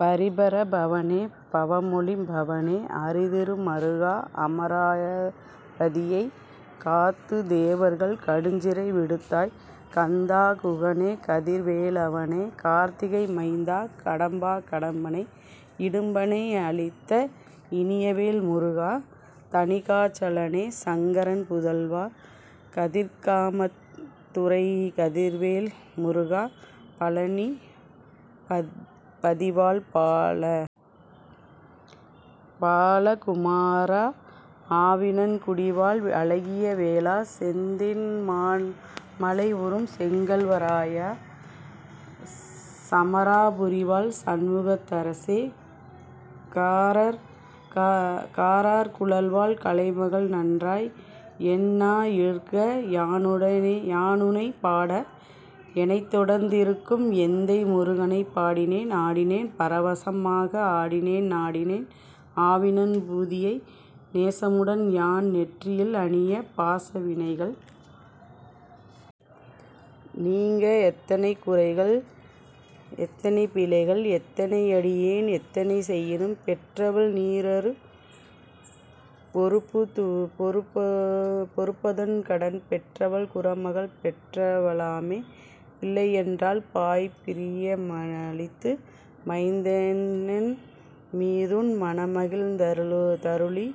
பரிபுர பவனே பவமொளி பவனே அரிதிரு மருகா அமாராபதியைக் காத்துத் தேவர்கள் கடுஞ்சிறை விடுத்தாய் கந்தா குகனே கதிர் வேலவனே கார்த்திகை மைந்தா கடம்பா கடம்பனை இடும்பனை அழித்த இனியவேல் முருகா தணிகா சலனே சங்கரன் புதல்வா கதிர்காமத்துறை கதிர்வேல் முருகா பழநிப் பதிவாழ் பால குமாரா ஆவினன்குடிவாழ் அழகிய வேலா செந்தின் மாமலையுறும் செங்கல்வராயா சமராபுரிவாழ் சண்முகத் தரசே காரார் குழலாள் கலைமகள் நன்றாய் என் நாஇருக்க யானுனைப் பாட எனைத்தொடர்ந்திருக்கும் எந்தை முருகனைப் பாடினேன் ஆடினேன் பரவசமாக ஆடினேன் நாடினேன் ஆவினன் பூதியை நேசமுடன் யான் நெற்றியில் அணியப் பாசவினைகள் நீங்க எத்தனைகுறைகள் எத்தனை பிழைகள் எத்தனை யடியேன் எத்தனை செயினும் பெற்றவன் நீகுரு பொறுப்ப துன்கடன் பெற்றவள் குறமகள் பெற்றவ ளாமே பிள்ளையென்றன்பாய்ப் பிரிய மளித்து மைந்தனென்மீதுன் மனமகிழ்ந் தருளி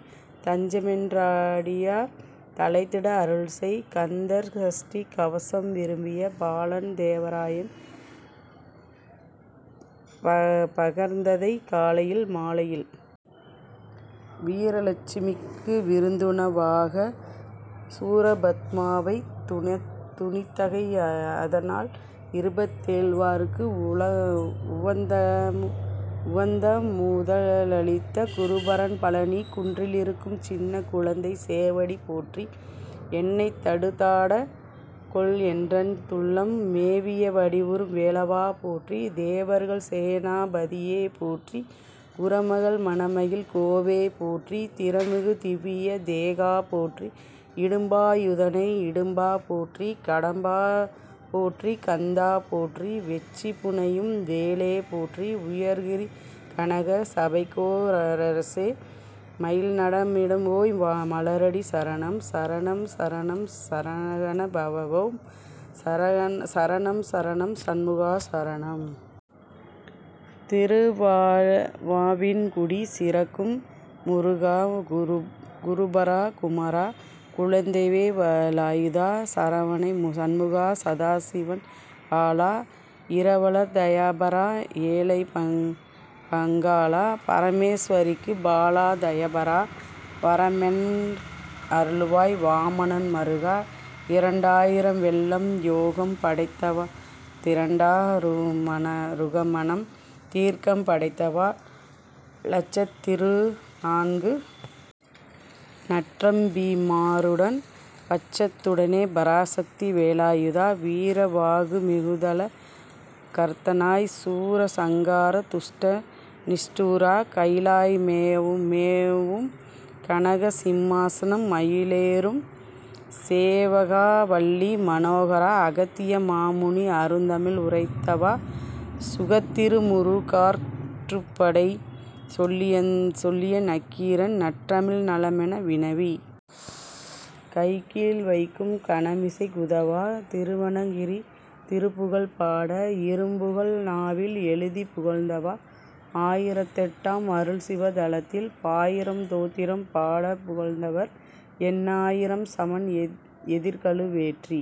தஞ்சமென்றடியார் தழைத்திட அருள்செய் கந்தர் சஷ்டிகவசம் விரும்பிய பாலன் தேவராயன் பகர்ந்ததை காலையில் மாலையில் வீரலட்சுமிக்கு விருந்துணவாகச் சூரபத்மாவைத் துணித்தகை அதனால் இருபத் தேழ்வர்க்கு உவந்தமு தளித்த குருபரன் பழநிக் குன்றிலி ருக்கும் சின்னக் குழந்தை சேவடி போற்றி எனைத்தடுத் தாட்கொள என்றன துள்ளம் மேவிய வடிவுறும் வேலவா போற்றி தேவர்கள் சேனா பதியே போற்றி குறமகள் மனமகிழ்கோவே போற்றி திறமிகு திவ்விய தேகா போற்றி இடும்பா யுதனே இடும்பா போற்றி கடம்பா போற்றி கந்தா போற்றி வெட்சி புனையும் வேளே போற்றி உயர்கிரி கனகசபைக்கோ ரரசே மயில் நடமிடுவோய் மலரடி சரணம் சரணம் சரணம் சரஹண பவஓம் சரணம் சரணம் சண்முகா சரணம்! திருவாவினன்குடி சிறக்கும் முருகா குருபரா குமரா குழந்தைவே லாயுதா சரவணை சண்முகா சதாசிவன் பாலா இரவலர் தயாபரா ஏழைபங் காளா பரமேஸ் வரிக்குப் பாலா தயாபரா வரமெனக் அருள்வாய் வாமனன் மருகா இரண்டா யிரம் வெள்ளம் யோகம் படைத்தவா திரண்டா ருகமனம் தீர்க்கம் படைத்தவா இலட்சத்திருநான்கு நற்றம்பி மாருடன் பட்சத்துடனே பராசக்தி வேலதாய் வீர வாகு மிகுதள கர்த்தனாய் சூர சங்காரா துஷ்ட நிஷ்டூரா கயிலாய மேவும் கனக சிம்மாசனா மயிலேறும் சேவகா வள்ளி மனோகரா அகத்திய மாமுனிக் அருந்தமிழ் உரைத்தவா சுகத்திரு முறுகாற் றுப்படை சொல்லிய நக்கீரன் நற்றமிழ் நலமென வினவிக் கைக்கீழ் வைக்கும் கனமிசைக் குதவா திருவருணகிரி திருப்புகழ் பாட இரும்புகழ் நாவில் எழுதிப் புகழ்ந்தவா ஆயிரத்தெட்டாம் அருள்சிவ தலத்தில் பாயிரம் தோத்திரம் பாடப் புகழ்ந்தவா எண்ணா யிரம் சமண் எதிர்கழு வேற்றி